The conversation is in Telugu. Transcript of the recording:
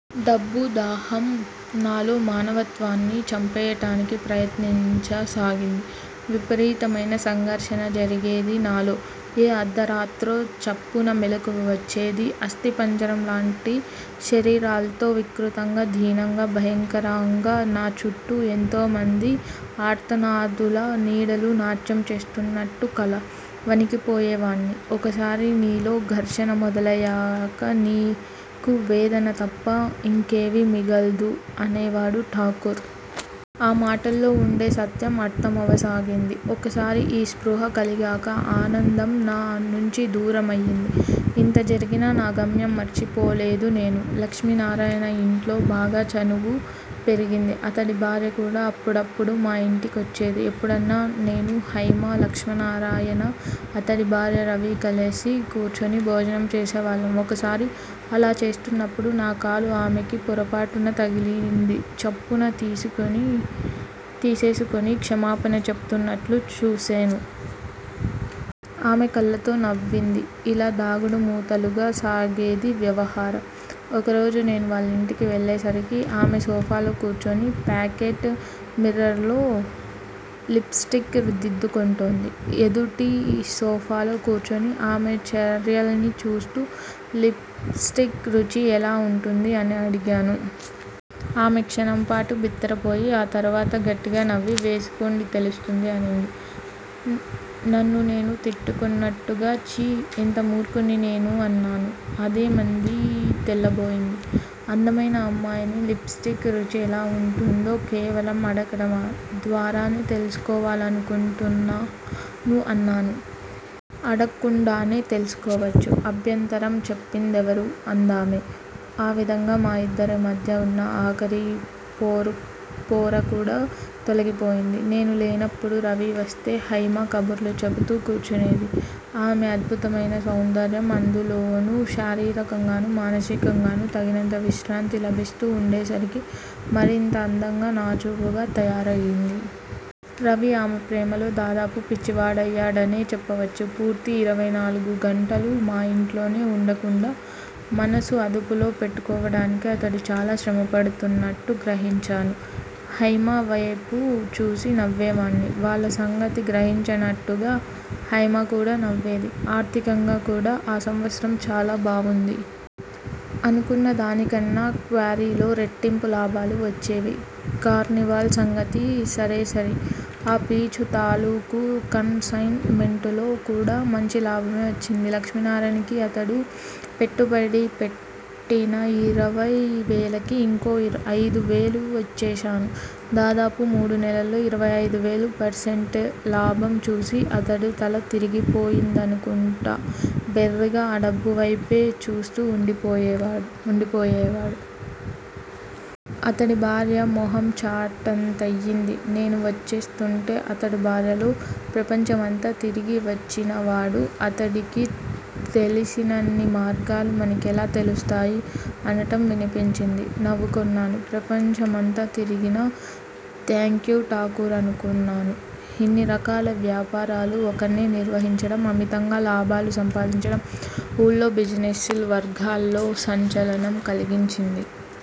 డబ్బు దాహం నాలో మానవత్వాన్ని చంపెయ్యటానికి ప్రయత్నించ సాగింది. విపరీతమైన సంఘర్షణ జరిగేది నాలో. ఏ అర్థరాత్రో చప్పున మెలకువ వచ్చేది అస్థిపంజరం లాంటి శరీరాల్తో వికృతంగా- దీనంగా -భయంకరంగా నాచుట్టూ ఎంతోమంది అన్నార్తుల నీడలు నాట్యం చేస్తున్నాట్టు కల. వణికిపోయేవాణ్ని. 'ఒకసారి నీలో ఘర్షణ మొదలయ్యేక నీకు వేదన తప్ప ఇంకేవీఁ మిగల్దు' అనేవాడు ఠాకూర్. ఆ మాటల్లో వుండే సత్యం అర్థమవసాగింది. ఒక్కసారి యీ స్పృహ కలిగాక ఆనందం నా నుంచి దూరమయింది. ఇంత జరిగినా నా గమ్యం మర్చిపోలేదు నేను. లక్ష్మీనారాయణ ఇంట్లో బాగా చనువు పెరిగింది. అతడి భార్య కూడా అప్పుడప్పుడు మా ఇంటికొచ్చేది. ఎప్పుడన్నా- నేను, హైమా, లక్ష్మీనారాయణ, అతడి భార్య, రవీ కలసి కూర్చొని భోజనం చేసేవాళ్ళం- ఒకసారి అలా చేస్తున్నప్పుడు నా కాలు ఆమెకి పొరపాటున తగిలింది చప్పున తీసేసుకొని క్షమాపణ చెపుతున్నట్లు చూసేను. ఆమె కళ్ళతోనే నవ్వింది. ఇలా దాగుడుమూతలుగా సాగేది వ్యవహారం. ఒకరోజు నేను వాళ్ళింటికి వెళ్ళేసరికి, ఆమె సోఫాలో కూర్చొని పాకెట్ మిర్రర్ లో లిప్ స్టిక్ దిద్దుకొంటోంది. ఎదుటి సోఫాలో కూర్చొని ఆమె చర్యల్ని చూస్తూ, లిప్ స్టిక్ రుచి ఎలా వుంటుంది? అని అడిగాను. ఆమె క్షణంపాటు బిత్తరపోయి, ఆ తరువాత గట్టిగా నవ్వి- వేసుకోండి తెలుస్తుంది అంది. నన్ను నేను తిట్టుకొంటున్నట్టుగా ఛీ- ఎంత మూర్ఖుణ్ని నేను అన్నాను. అదేం అంది తెల్లబోయి. అందమైన అమ్మాయిని లిప్ స్టిక్ రుచి ఎలా వుంటుందో కేవలం 'అడగటం' ద్వారానే తెలుసుకోవాలకొంటున్నాను అన్నాను. అడక్కుండానే తెలుసుకోవచ్చు. అభ్యంతరం చెప్పిందెవరు? అందామె. ఆ విధంగా మా ఇద్దరి మాధ్యా వున్న ఆఖరి పోరకూడా తొలగిపోయింది. నేను లేనప్పుడు రవి వస్తే హైమ కబుర్లు చెబుతూ కూర్చొనేది. ఆమెది అద్భుతమైనా సౌందర్యం- అందులోనూ శారీరకంగానూ, మానసికంగానూ తగినంత విశ్రాంతి లభిస్తూ వుండేసరికి మరింత అందంగా, నాజూకుగా తయారైంది. రవి ఆమె ప్రేమలో దాదాపు పిచ్చివాడయ్యాడనే చెప్పవచ్చు. పూర్తిగా ఇరవై నాలుగు గంటలూ మా ఇంట్లోనే వుండకుండా మనసు అదుపులో పెట్టుకోవటానికి అతడు చాలా శ్రమపడుతున్నట్టు గ్రహించాను. హైమ వేపు చూసి నవ్వేవాణ్ని, వాళ్ళ సంగతి గ్రహించినట్టుగా. హైమ కూడా నవ్వేది. ఆర్థికంగా కూడా ఆ సంవత్సరం చాలా బావుంది. అనుకున్నదానికన్నా క్వారీలో రెట్టింపు లాభాలు వచ్చేయి. కార్నివాల్ సంగతి సరేసరి. ఆ పీచు తాలూకు కన్ సైన్ మెంటులో కూడా మంచి లాభమే వచ్చింది. లక్ష్మీనారాయణకి అతడు పెట్టుబడిగా పెట్టిన ఇరవై వేలకి ఇంకో అయిదువేలు ఇచ్చేశాను. దాదాపు మూడు నెలల్లో ఇరవై అయిదు పర్సెంట్ లాభం చూసి, అతడి తల తిరిగిపోయిందనుకుంటా వెర్రిగా ఆ డబ్బువేపు చూస్తూ వుండిపోయేడు. అతడి భార్య మొహం చాటంతయింది. నేను వచ్చేస్తుంటే అతడు భార్యలో, ప్రపంచం అంతా తిరిగివచ్చినవాడు, అతడికి తెలిసినన్ని మార్గాలు మనకెలా తెలుస్తాయి? అనటం వినిపించింది. నవ్వుకొన్నాను. ప్రపంచం అంతా తిరిగినా? థాంక్యూ ఠాకూర్ అనుకొన్నాను. ఇన్ని రకాల వ్యాపారాలు ఒక్కణ్నే నిర్వహించటం, అమితంగా లాభాలు సంపాదించటం, ఊళ్ళో బిజినెస్ వర్గాల్లో సంచలనం కలిగించింది.